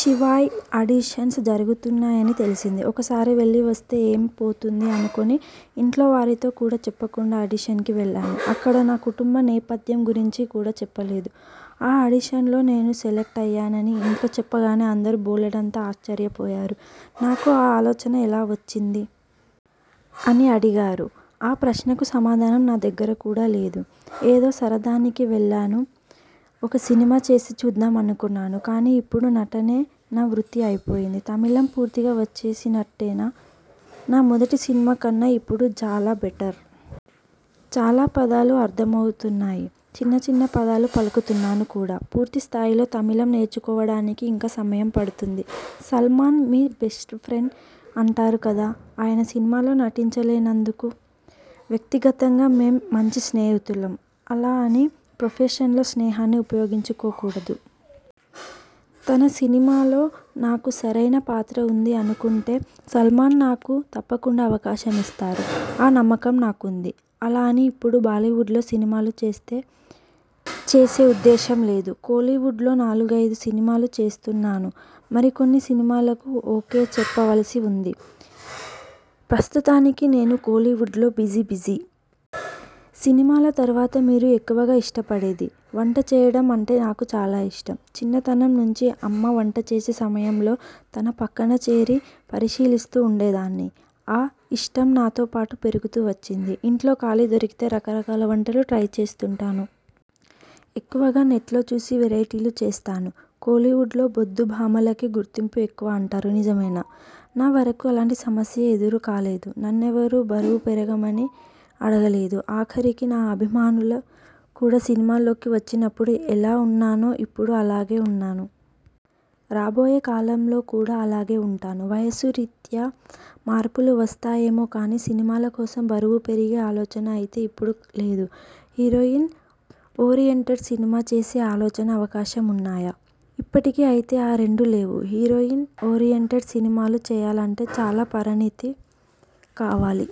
'Shivay' auditions జరుగుతున్నాయని తెలిసింది. ఒకసారి వెళ్ళి వస్తే ఏం పోతుంది అనుకుని ఇంట్లోవారితో కూడా చెప్పకుండా ఆడిషన్కి వెళ్ళాను. అక్కడ నా కుటుంబ నేపథ్యం గురించి కూడా చెప్పలేదు. ఆ ఆడిషన్లో నేను సెలక్ట్ అయ్యానని ఇంట్లో చెప్పగానే అందరూ బోలెడంత ఆశ్చర్యపోయారు. నాకు ఆ ఆలోచన ఎలా వచ్చింది? అని అడిగారు కూడా! ఆ ప్రశ్నకు సమాధానం నా దగ్గర కూడా లేదు. ఏదో సరదాకి వెళ్ళాను. ఒక సినిమా చేసి చూద్దాం అనుకున్నాను. కానీ ఇప్పుడు నటనే నా వృత్తి అయిపోయింది. తమిళం పూర్తిగా వచ్చేసినట్టేనా? నా మొదటి సినిమా కన్నా ఇప్పుడు చాలా బెటర్! చాలా పదాలు అర్థం అవుతున్నాయి. చిన్న చిన్న పదాలు పలుకుతున్నాను కూడా! పూర్తి స్థాయిలో తమిళం నేర్చుకోవడానికి ఇంకా సమయం పడుతుంది. సల్మాన్ మీ బెస్ట్ఫ్రెండ్ అంటారు కదా? ఆయన సినిమాల్లో నటించలేదెందుకు? వ్యక్తిగతంగా మేం మంచి స్నేహితులం. అలా అని ప్రొఫెషన్లో స్నేహాన్ని ఉపయోగించుకోకూడదు. తన సినిమాలో నాకు సరైన పాత్ర ఉంది అనుకుంటే సల్మాన్ నాకు తప్పకుండా అవకాశం ఇస్తారు. ఆ నమ్మకం నాకుంది. అలా అని ఇప్పుడు బాలీవుడ్లో సినిమాలు చేసే ఉద్దేశం లేదు. కోలీవుడ్లో నాలుగైదు సినిమాలు చేస్తున్నాను. మరికొన్ని సినిమాలకు ఓకే చెప్పవలసి ఉంది. ప్రస్తుతానికి నేను కోలీవుడ్లో బిజీ బిజీ! సినిమాల తరువాత మీరు ఎక్కువగా ఇష్టపడేది? వంట చేయడం అంటే చాలా ఇష్టం. చిన్నతనం నుంచీ అమ్మ వంట చేసే సమయంలో తన పక్కనచేరి పరిశీలిస్తూ ఉండేదాన్ని. ఆ ఇష్టం నాతో పాటు పెరుగుతూ వచ్చింది. ఇంట్లో ఖాళీ దొరికితే రకరకాల వంటలు ట్రై చేస్తుంటాను. ఎక్కువగా నెట్లో చూసి వెరైటీలు చేస్తాను. కోలీవుడ్లో బొద్దు భామలకే గుర్తింపు ఎక్కువ అంటారు, నిజమేనా? నా వరకూ అలాంటి సమస్య ఎదురు కాలేదు. నన్నెవరూ బరువు పెరగమని అడగలేదు. ఆఖరికి నా అభిమానులు కూడా! సినిమాల్లోకి వచ్చినప్పుడు ఎలా ఉన్నానో ఇప్పుడూ అలాగే ఉన్నాను. రాబోయే కాలంలో కూడా అలాగే ఉంటాను. వయస్సు రీత్యా మార్పులు వస్తాయేమో కానీ, సినిమాల కోసం బరువు పెరిగే ఆలోచన అయితే ఇప్పుడు లేదు. హీరోయిన్ ఓరియెంటెడ్ సినిమా చేసే ఆలోచన, అవకాశం ఉన్నాయా? ఇప్పటికి అయితే ఆ రెండూ లేవు. హీరోయిన్ ఓరియెంటెడ్ సినిమాలు చేయాలంటే చాలా పరిణతి కావాలి.